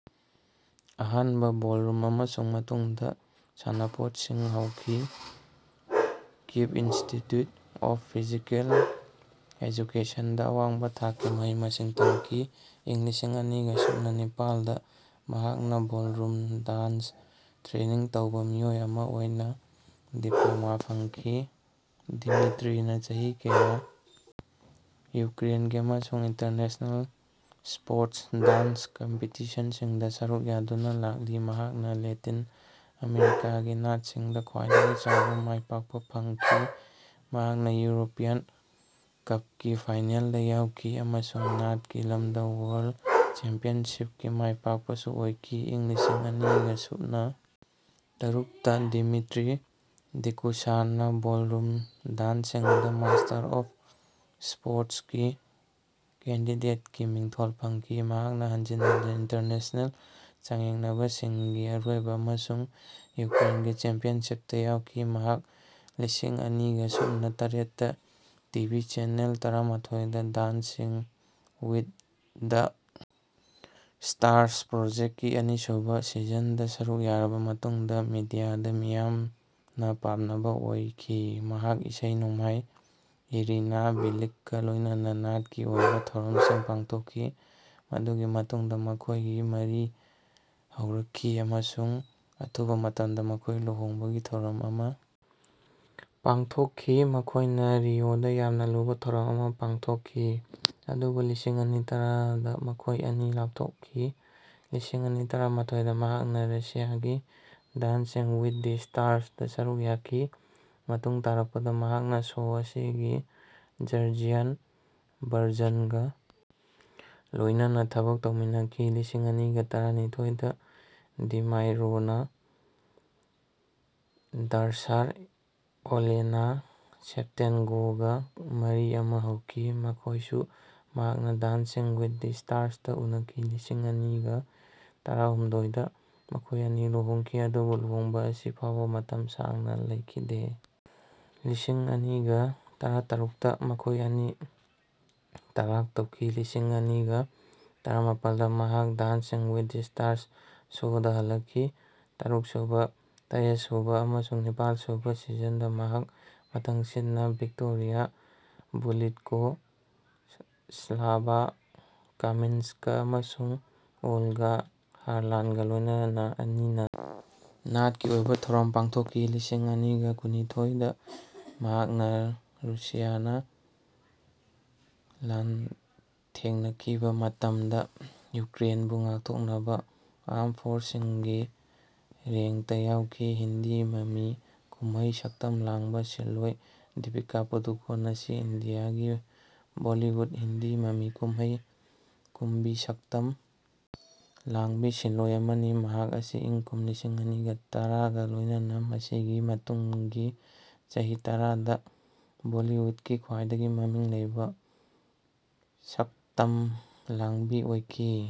ꯑꯍꯥꯟꯕ ꯕꯣꯜꯔꯨꯝ, ꯑꯃꯁꯨꯡ ꯃꯇꯨꯡꯗꯥ ꯁꯥꯟꯅꯄꯣꯠꯁꯤꯡ ꯍꯧꯈꯤ꯫ ꯀ꯭ꯌꯤꯕ ꯏꯟꯁꯇꯤꯇ꯭ꯌꯨꯠ ꯑꯣꯐ ꯐꯤꯖꯤꯀꯦꯜ ꯑꯦꯖꯨꯀꯦꯁꯟꯗꯥ ꯑꯋꯥꯡꯕꯥ ꯊꯥꯛꯀꯤ ꯃꯍꯩ-ꯃꯁꯤꯡ ꯇꯝꯈꯤ, ꯏꯪ ꯂꯤꯁꯤꯡ ꯑꯅꯤꯒꯥ ꯁꯨꯞꯅꯥ ꯅꯤꯄꯥꯜꯗ ꯃꯍꯥꯛꯅ ꯕꯣꯜꯔꯨꯝ ꯗꯥꯟꯁ ꯇ꯭ꯔꯦꯅꯤꯡ ꯇꯧꯕ ꯃꯤꯑꯣꯏ ꯑꯃ ꯑꯣꯏꯅ ꯗꯤꯄ꯭ꯂꯣꯃꯥ ꯐꯪꯈꯤ꯫ ꯗꯤꯃꯤꯇ꯭ꯔꯤꯅꯥ ꯆꯍꯤ ꯀꯌꯥ ꯌꯨꯀ꯭ꯔꯦꯟꯒꯤ ꯑꯃꯁꯨꯡ ꯏꯟꯇꯔꯅꯦꯁꯅꯦꯜ ꯁ꯭ꯄꯣꯔꯠꯁ ꯗꯥꯟꯁ ꯀꯝꯄꯤꯇꯤꯁꯟꯁꯤꯡꯗꯥ ꯁꯔꯨꯛ ꯌꯥꯗꯨꯅ ꯂꯥꯛꯂꯤ꯫ ꯃꯍꯥꯛꯅ ꯂꯦꯇꯤꯟ ꯑꯃꯦꯔꯤꯀꯥꯒꯤ ꯅꯥꯠꯁꯤꯡꯗ ꯈ꯭ꯋꯥꯏꯗꯒꯤ ꯆꯥꯎꯕ ꯃꯥꯏꯄꯥꯛꯄ ꯐꯪꯈꯤ ꯃꯍꯥꯛꯅ ꯌꯨꯔꯣꯄꯤꯌꯟ ꯀꯞꯀꯤ ꯐꯥꯏꯅꯦꯜꯗꯥ ꯌꯥꯎꯈꯤ, ꯑꯃꯁꯨꯡ ꯅꯥꯠꯀꯤ ꯂꯝꯗꯥ ꯋꯥꯔꯜ ꯆꯦꯝꯄꯤꯌꯟꯁꯤꯞꯀꯤ ꯃꯥꯏꯄꯥꯛꯄꯁꯨ ꯑꯣꯏꯈꯤ꯫ ꯏꯪ ꯂꯤꯁꯤꯡ ꯑꯅꯤꯒꯥ ꯁꯨꯞꯅꯥ ꯇꯔꯨꯛꯇꯥ ꯗꯤꯃꯤꯇ꯭ꯔꯤ ꯗꯤꯀꯨꯁꯥꯔꯅꯥ ꯕꯣꯜꯔꯨꯝ ꯗꯥꯟꯁꯤꯡꯗꯥ ꯃꯥꯁꯇꯔ ꯑꯣꯐ ꯁ꯭ꯄꯣꯔꯠꯁꯀꯤ ꯀꯦꯟꯗꯤꯗꯦꯠꯀꯤ ꯃꯤꯡꯊꯣꯜ ꯐꯪꯈꯤ꯫ ꯃꯍꯥꯛꯅ ꯍꯟꯖꯤꯟ ꯍꯟꯖꯤꯟ ꯏꯟꯇꯔꯅꯦꯁꯅꯦꯜ ꯆꯥꯡꯌꯦꯡꯅꯕꯁꯤꯡꯒꯤ ꯑꯔꯣꯏꯕ ꯑꯃꯁꯨꯡ ꯌꯨꯀ꯭ꯔꯦꯟꯒꯤ ꯆꯦꯝꯄꯤꯌꯟꯁꯤꯞꯇꯥ ꯌꯥꯎꯈꯤ꯫ ꯃꯍꯥꯛ ꯂꯤꯁꯤꯡ ꯑꯅꯤꯒꯥ ꯁꯨꯞꯅꯥ ꯇꯔꯦꯠꯇꯥ ꯇꯤꯚꯤ ꯆꯦꯅꯦꯜ ꯇꯔꯥꯃꯥꯊꯣꯏ ꯗꯥ "ꯗꯥꯟꯁꯤꯡ ꯋꯤꯠ ꯗ ꯁ꯭ꯇꯥꯔꯁ" ꯄ꯭ꯔꯣꯖꯦꯛꯀꯤ ꯑꯅꯤꯁꯨꯕ ꯁꯤꯖꯟꯗꯥ ꯁꯔꯨꯛ ꯌꯥꯔꯕ ꯃꯇꯨꯡꯗ ꯃꯤꯗꯤꯌꯥꯗꯥ ꯃꯤꯌꯥꯝꯅ ꯄꯥꯝꯅꯕ ꯑꯣꯏꯈꯤ꯫ ꯃꯍꯥꯛ ꯏꯁꯩ ꯅꯣꯡꯃꯥꯏ ꯏꯔꯤꯅꯥ ꯕꯤꯂꯤꯛꯀꯥ ꯂꯣꯏꯅꯅꯥ ꯅꯥꯠꯀꯤ ꯑꯣꯏꯕ ꯊꯧꯔꯝꯁꯤꯡ ꯄꯥꯡꯊꯣꯛꯈꯤ꯫ ꯃꯗꯨꯒꯤ ꯃꯇꯨꯡꯗ ꯃꯈꯣꯏꯒꯤ ꯃꯔꯤ ꯍꯧꯔꯛꯈꯤ, ꯑꯃꯁꯨꯡ ꯑꯊꯨꯕ ꯃꯇꯝꯗ ꯃꯈꯣꯏꯅ ꯂꯨꯍꯣꯡꯕꯒꯤ ꯊꯧꯔꯝ ꯑꯃ ꯄꯥꯡꯊꯣꯛꯈꯤ, ꯃꯈꯣꯏꯅ ꯔꯤꯑꯣꯗꯥ ꯌꯥꯝꯅ ꯂꯨꯕꯥ ꯊꯧꯔꯝ ꯑꯃ ꯄꯥꯡꯊꯣꯛꯈꯤ꯫ ꯑꯗꯨꯕꯨ ꯂꯤꯁꯤꯡ ꯑꯅꯤ ꯇꯔꯥꯗ ꯃꯈꯣꯏ ꯑꯅꯤ ꯂꯥꯞꯊꯣꯛꯈꯤ꯫ ꯂꯤꯁꯤꯡ ꯑꯅꯤ ꯇꯔꯥꯃꯥꯊꯣꯏꯗꯥ ꯃꯍꯥꯛꯅ ꯔꯁꯤꯌꯥꯒꯤ "ꯗꯥꯟꯁꯤꯡ ꯋꯤꯠ ꯗꯤ ꯁ꯭ꯇꯥꯔꯁ"ꯗꯥ ꯁꯔꯨꯛ ꯌꯥꯈꯤ꯫ ꯃꯇꯨꯡ ꯇꯥꯔꯛꯄꯗꯥ ꯃꯍꯥꯛꯅ ꯁꯣ ꯑꯁꯤꯒꯤ ꯖꯔꯖꯤꯌꯥꯟ ꯚꯔꯖꯟꯒꯥ ꯂꯣꯏꯅꯅꯥ ꯊꯕꯛ ꯇꯧꯃꯤꯟꯅꯈꯤ꯫ ꯂꯤꯁꯤꯡ ꯑꯅꯤꯒꯥ ꯇꯔꯥꯅꯤꯊꯣꯏꯗꯥ ꯗꯤꯃꯥꯏꯠꯔꯣꯅꯥ ꯗꯥꯔꯁꯥꯔ ꯑꯣꯂꯦꯅꯥ ꯁꯦꯞꯇꯦꯟꯀꯣꯒꯥ ꯃꯔꯤ ꯑꯃ ꯍꯧꯈꯤ, ꯃꯈꯣꯏꯁꯨ ꯃꯍꯥꯛꯅ ꯗꯥꯟꯁꯤꯡ ꯋꯤꯠ ꯗꯤ ꯁ꯭ꯇꯥꯔꯁꯇꯥ ꯎꯅꯈꯤ꯫ ꯂꯤꯁꯤꯡ ꯑꯅꯤꯒ ꯇꯔꯥꯍꯨꯝꯗꯣꯏꯗꯥ ꯃꯈꯣꯏ ꯑꯅꯤ ꯂꯨꯍꯣꯡꯈꯤ꯫ ꯑꯗꯨꯕꯨ ꯂꯨꯍꯣꯡꯕ ꯑꯁꯤ ꯐꯥꯎꯕ ꯃꯇꯝ ꯁꯥꯡꯅ ꯂꯩꯈꯤꯗꯦ ꯂꯤꯁꯤꯡ ꯑꯅꯤꯒ ꯇꯔꯥꯇꯔꯨꯛꯇꯥ ꯃꯈꯣꯏ ꯑꯅꯤ ꯇꯂꯥꯛ ꯇꯧꯈꯤ꯫ ꯂꯤꯁꯤꯡ ꯑꯅꯤꯒ ꯇꯔꯥꯃꯥꯄꯜꯗꯥ ꯃꯍꯥꯛ "ꯗꯥꯟꯁꯤꯡ ꯋꯤꯠ ꯗ ꯁ꯭ꯇꯥꯔꯁ" ꯁꯣꯗꯥ ꯍꯜꯂꯛꯈꯤ꯫ ꯇꯔꯨꯛꯁꯨꯕꯥ, ꯇꯔꯦꯠꯁꯨꯕꯥ ꯑꯃꯁꯨꯡ ꯅꯤꯄꯥꯜꯁꯨꯕꯥ ꯁꯤꯖꯟꯗꯥ ꯃꯍꯥꯛ ꯃꯊꯪꯁꯤꯠꯅꯥ ꯚꯤꯛꯇꯣꯔꯤꯌꯥ ꯕꯨꯂꯤꯠꯀꯣ, ꯁ꯭ꯂꯥꯚꯥ ꯀꯥꯃꯤꯟꯁꯀꯥ ꯑꯃꯁꯨꯡ ꯑꯣꯜꯒꯥ ꯍꯥꯔꯂꯥꯟꯒꯥ ꯂꯣꯏꯅꯅꯥ ꯑꯅꯤꯅ ꯅꯥꯠꯀꯤ ꯑꯣꯏꯕ ꯊꯧꯔꯝ ꯄꯥꯡꯊꯣꯛꯈꯤ꯫ ꯂꯤꯁꯤꯡ ꯑꯅꯤꯒ ꯀꯨꯟꯅꯤꯊꯣꯏꯗꯥ ꯃꯍꯥꯛ ꯔꯨꯁꯤꯌꯥꯅ ꯂꯥꯟꯊꯦꯡꯅꯈꯤꯕꯥ ꯃꯇꯝꯗ ꯌꯨꯀ꯭ꯔꯦꯟꯕꯨ ꯉꯥꯛꯊꯣꯛꯅꯕꯥ ꯑꯥꯔꯝ ꯐꯣꯔꯁꯁꯤꯡꯒꯤ ꯔꯦꯡꯇꯥ ꯌꯥꯎꯈꯤ꯫ ꯍꯤꯟꯗꯤ ꯃꯃꯤ ꯀꯨꯝꯃꯩ ꯁꯛꯇꯝ ꯂꯥꯡꯕ ꯁꯤꯟꯂꯣꯢ ꯗꯤꯄꯤꯀꯥ ꯄꯨꯗꯨꯀꯣꯟ ꯑꯁꯤ ꯏꯟꯗꯤꯌꯥꯒꯤ ꯕꯣꯜꯂꯤꯋꯨꯠ (ꯍꯤꯟꯗꯤ ꯃꯃꯤ ꯀꯨꯝꯍꯩ) ꯀꯨꯝꯕꯤ ꯁꯛꯇꯝ ꯂꯥꯡꯕꯤ ꯁꯤꯟꯂꯣꯢ ꯑꯃꯅꯤ꯫ ꯃꯍꯥꯛ ꯑꯁꯤ ꯏꯪ ꯀꯨꯝ ꯂꯤꯁꯤꯡ ꯑꯅꯤꯒ ꯇꯔꯥꯒ ꯂꯣꯢꯅꯅ ꯃꯁꯤꯒꯤ ꯃꯇꯨꯡꯒꯤ ꯆꯍꯤ ꯇꯔꯥ ꯗ ꯕꯣꯜꯂꯤꯋꯨꯠꯀꯤ ꯈ꯭ꯋꯥꯢꯗꯒꯤ ꯃꯃꯤꯡ ꯂꯩꯕ ꯇꯝ ꯂꯥꯡꯕꯤ ꯑꯣꯢꯈꯤ꯫